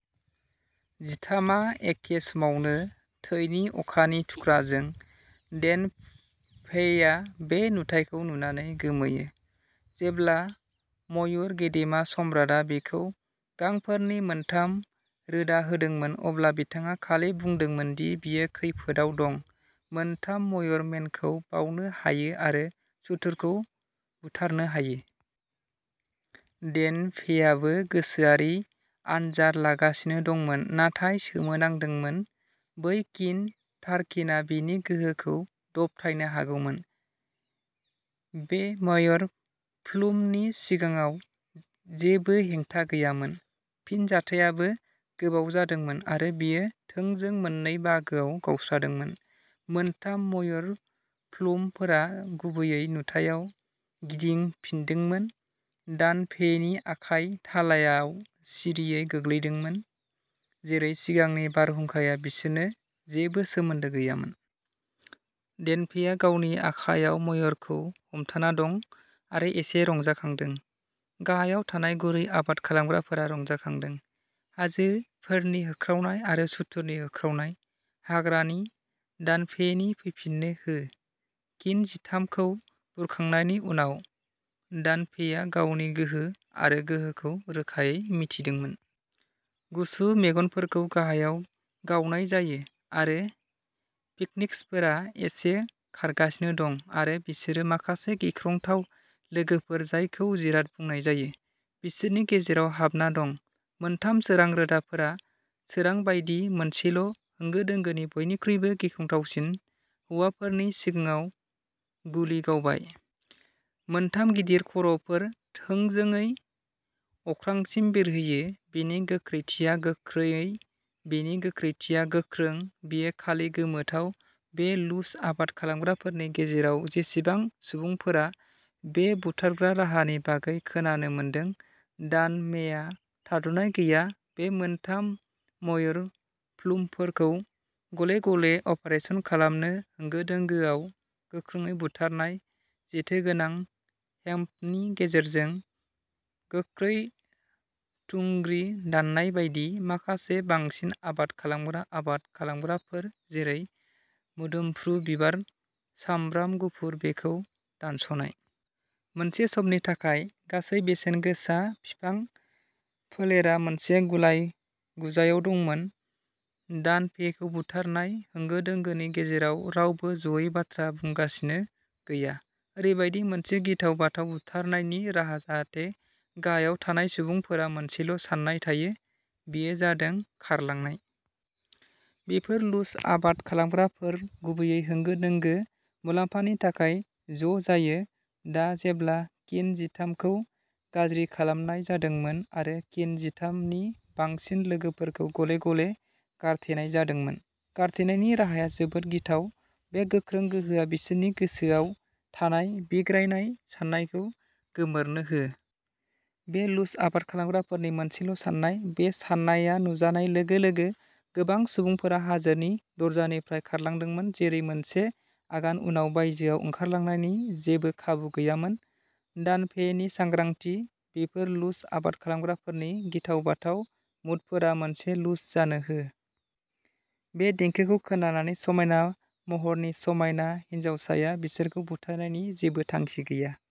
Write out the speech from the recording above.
जिथामआ एखे समावनो थैनि अखानि थुख्राजों। डेन फेइया बे नुथायखौ नुनानै गोमोयो। जेब्ला मयुर गेदेमा सम्राटआ बिखौ गांफोरनि मोनथाम रोदा होदोंमोन, अब्ला बिथाङा खालि बुंदोंमोन दि बियो खैफोदआव दं। मोनथाम मयुर मेनखौ बावनो हायो आरो सुथुरखौ बुथारनो हायो। डेन फेइआबो गोसोआरि आनजाद लागासिनो दंमोन नाथाय सोमोनांदोंमोन। बै किन थार्किनआ बिनि गोहोखौ दबथायनो हागौमोन। बे मयुर प्लुमनि सिगाङाव, जेबो हेंथा गैयामोन। फिनजाथायाबो गोबाव जादोंमोन आरो बेयो थोंजों मोननै बाहागोआव गावस्रादोंमोन। मोनथाम मयुर प्लुमफोरा गुबैयै नुथायाव गिदिंफिनदोंमोन, दान फेइनि आखाइ थालायाव सिरियै गोग्लैदोंमोन, जेरै सिगांनि बारहुंखाया बिसोरनो जेबो सोमोन्दो गैयामोन। डेन फेइआ गावनि आखायाव मयुरखौ हमथाना दं आरो एसे रंजाखांदों। गाहायाव थानाय गुरै आबाद खालामग्राफोरा रंजाखांदों हाजोफोरनि होख्रावनाय आरो सुथुरनि होख्रावनाय। हाग्रानि दान फेइनि फैफिननो हो। किन जिथामखौ बुरखांनायनि उनाव, दान फेइआ गावनि गोहो आरो गोहोखौ रोखायै मिथिदोंमोन। गुसु मेगनफोरखौ गाहायाव गावनाय जायो आरो फिनिक्सफोरा एसे खारगासिनो दं आरो बिसोरो माखासे गिख्रंथाव लोगोफोर जायखौ जिराद बुंनाय जायो, बिसोरनि गेजेराव हाबना दं। मोनथाम सोरां रोदाफोरा, सोरां बायदि मोनसेल' होंगो दोंगोनि बयनिख्रुइबो गिख्रंथावसिन हौवाफोरनि सिगाङाव गुलि गावबाय। मोनथाम गिदिर खर'फोर थोंजोङै अख्रांसिम बिरहोयो। बेनि गोख्रैथिया गोख्रैयै बेनि गोख्रैथिया गोख्रों बेयो खालि गोमोथाव। बे लुज आबाद खालामग्राफोरनि गेजेराव बेसेबां सुबुंफोरा बे बुथारग्रा राहानि बागै खोनानो मोनदों दान मेइआ थाद'नाय गैया बे मोनथाम मयुर प्लुमफोरखौ गले गले अपारेसन खालामो होंगो दोंगोआव गोख्रोङै बुथारनाय जेथोगोनां हेंपनि गेजेरजों गोख्रै थुंग्रि दाननाय बायदि माखासे बांसिन आबाद खालामग्रा आबाद खालामग्राफोर जेरै मोदोमफ्रु बिबार सामब्राम गुफुर बेखौ दानस'नाय। मोनसे समनि थाखाय गासै बेसेनगोसा बिफां फोलेरा मोनसे गुलाय-गुजायाव दंमोन। दान फेइखौ बुथारनाय होंगो दोंगोनि गेजेराव रावबो ज'यै बाथ्रा बुंगासिनो गैया। ओरैबायदि मोनसे गिथाव बाथाव बुथारनायनि राहा जाहाथे गाहायाव थानाय सुबुंफोरा मोनसेल' साननाय थायो बेयो जादों खारलांनाय। बेफोर लुज आबाद खालामग्राफोर गुबैयै होंगो दोंगो मुलाम्फानि थाखाय ज' जायो। दा जेब्ला किन जिथाम खौ गाज्रि खालामनाय जादोंमोन आरो किन जिथाम नि बांसिन लोगोफोरखौ गले गले गारथेनाय जादोंमोन। गारथेनायनि राहाया जोबोद गिथाव बे गोख्रों गोहोआ बिसोरनि गोसोआव थानाय बिग्रायनाय साननायखौ गोमोरनो हो। बे लुज आबाद खालामग्राफोरनि मोनसेल' साननाय। बे सान्नाया नुजानाय लोगो लोगो गोबां सुबुंफोरा हाजोनि दरजानिफ्राय खारलांदोंमोन जेरै मोनसे आगान उनाव बायजोआव ओंखारनायनि जेबो खाबु गैयामोन। दान फेइनि सांग्रांथि बेफोर लुज आबाद खालामग्राफोरनि गिथाव बाथाव मुडफोरा मोनसे लुज जानो हो। बे देंखोखौ खोनानानै समायना महरनि समायना हिनजावसाया बिसोरखौ बुथारनायनि जेबो थांखि गैया।